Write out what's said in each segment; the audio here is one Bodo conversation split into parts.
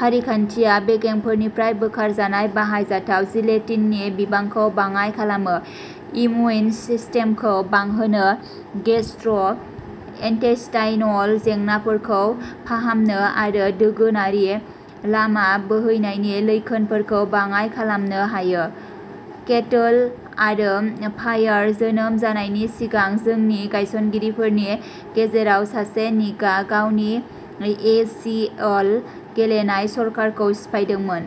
फारिखान्थिया बेगेंफोरनिफ्राय बोखारजानाय बाहायजाथाव जिलेटिननि बिबांखौ बाङाइ खालामो, इम्युन सिस्टेमखौ बांहोनो, गेस्ट्र'इन्टेस्टाइनल जेंनाफोरखौ फाहामनो आरो दोगोनारि लामा बोहैनायनि लैखोनफोरखौ बाङाइ खालामनो हायो। केटोल आरो फायार जोनोम जानायनि सिगां, जोंनि गायसनगिरिफोरनि गेजेराव सासे, निकआ गावनि ए सि अल गेलेनाय स'कारखौ सिफायदोंमोन।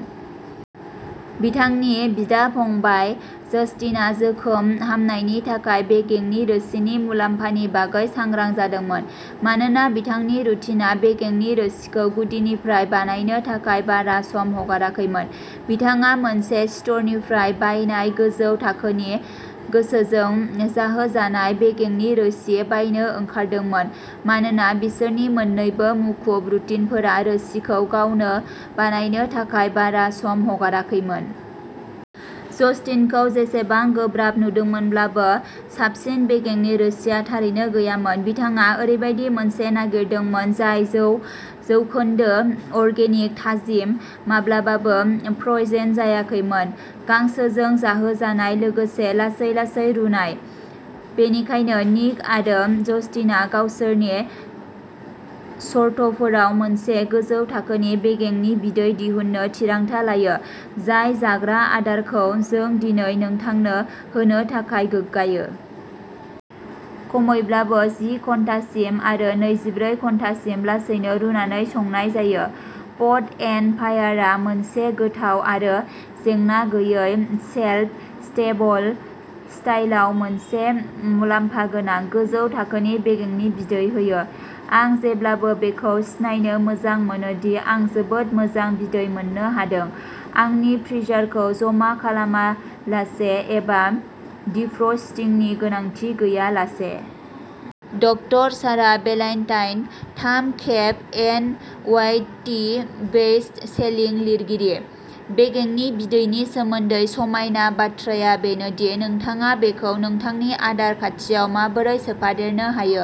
बिथांनि बिदा-फंबाय जस्टिनआ जोखोम हामनायनि थाखाय बेगेंनि रोसिनि मुलाम्फानि बागै सांग्रां जादोंमोन। मानोना बिथांनि रुटिनआ बेगेंनि रोसिखौ गुदिनिफ्राय बानायनो थाखाय बारा सम हगाराखैमोन, बिथाङा मोनसे स्ट'रनिफ्राय बायनाय, गोजौ थाखोनि, गोसोजों जाहोजानाय बेगेंनि रोसि बायनो ओंखारदोंमोन, मानोना बिसोरनि मोन्नैबो मुखुब रुटिनफोरा रोसिखौ गावनो बानायनो थाखाय बारा सम हगाराखैमोन।। जस्टिनखौ बेसेबां गोब्राब नुदोंमोनब्लाबो, साबसिन बेगेंनि रोसिआ थारैनो गैयामोन। बिथाङा ओरैबायदि मोनसे नागिरदोंमोन जाय जौ जौखोन्दो अर्गेनिक, थाजिम माब्लाबाबो फ्र'जेन जायाखैमोन गांसोजों जाहोजानाय, लोगोसे लासै-लासै रुनाय। बेनिखायनो, निक आरो जस्टिनआ गावसोरनि सर्तफोराव मोनसे गोजौ थाखोनि बेगेंनि बिदै दिहुननो थिरांथा लायो, जाय जाग्रा आदारखौ जों दिनै नोंथांनो होनो थाखाय गोग्गायो। खमैब्लाबो जि घन्टासिम आरो नैजिब्रै घन्टासिम लासैनो रुनानै संनाय जायो। पट एन्ड फायारआ मोनसे गोथाव आरो जेंना गैयै शेल्फ स्टेबल स्टाइलआव मोनसे मुलाम्फा गोनां, गोजौ थाखोनि बेगेंनि बिदै होयो। आं जेब्लाबो बेखौ सिनायनो मोजां मोनो दि आं जोबोद मोजां बिदै मोननो हादों, आंनि फ्रिजारखौ जमा खालामालासे एबा डिफ्रस्टिंनि गोनांथि गैयालासे। डकटर सारा बेलान्टाइन, थाम खेब N Y T best selling लिरगिरि। बेगेंनि बिदैनि सोमोन्दै समायना बाथ्राया बेनो दि नोंथाङा बेखौ नोंथांनि आदार खान्थियाव माबोरै सोफादेरनो हायो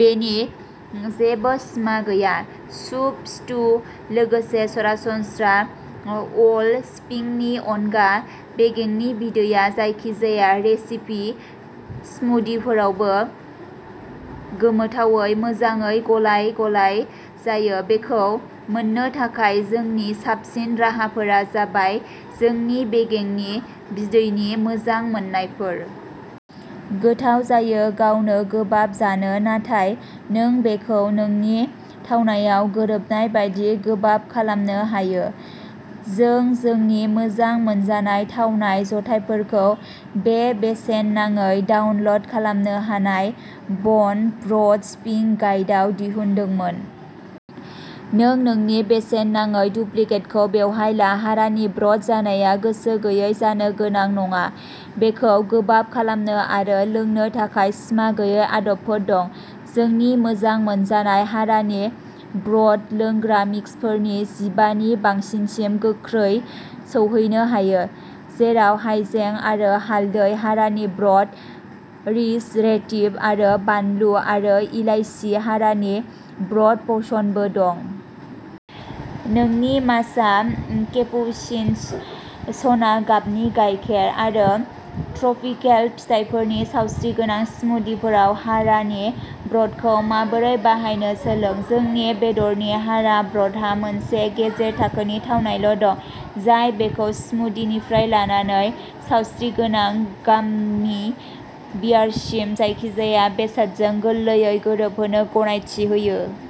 बेनि जेबो सिमा गैया। सुप, स्टु, लोगोसे सरासनस्रा अल'सिपिंनि अनगा, बेगेंनि बिदैया जायखिजाया रेसिपि स्मूदिफोरावबो गोमोथावै मोजाङै गलाय-गलाय जायो बेखौ मोन्नो थाखाय जोंनि साबसिन राहाफोरा जाबाय जोंनि बेगेंनि बिदैनि मोजां मोननायफोर। गोथाव जायो गावनो गोबाब जानो, नाथाय नों बेखौ नोंनि थावनायाव गोरोबनाय बादि गोबाब खालामनो हायो। जों जोंनि मोजां मोनजानाय थावनाय जथायफोरखौ बे बेसेन नाङै डाउनल'ड खालामनो हानाय बन ब्र'थ सिपिं गाइड आव दिहुनदोंमोन। नों नोंनि बेसेन नाङै डुप्लिकेटखौ बेवहाय ला। हारानि ब्र'थ जानाया गोसो गैयै जानो गोनां नङा बेखौ गोबाब खालामनो आरो लोंनो थाखाय सिमा गैयै आदबफोर दं। जोंनि मोजां मोनजानाय हारानि ब्र'थ लोंग्रा मिक्सफोरनि जिबा नि बांसिनसिम गोख्रै सौहैनो हायो, जेराव हायजें आरो हालदै हारानि ब्र'थ रिस्ट'रेटिभ आरो बानलु, आरो इलायसि हारानि ब्र'थ पशनबो दं। नोंनि माचा केपुसिन'स, सना गाबनि गायखेर, आरो ट्रपिकेल फिथाइफोरनि सावस्रिगोनां स्मूदिफोराव हारानि ब्र'थखौ माबोरै बाहायनो सोलों। जोंनि बेदरनि हारानि ब्र'थहा मोनसे गेजेर थाखोनि थावनाय दं, जाय बेखौ स्मूदिनिफ्राय लानानै सावस्रिगोनां गाममि बियारसिम जायखिजाया बेसादजों गोरलैयै गोरोबहोनो गनायथि होयो।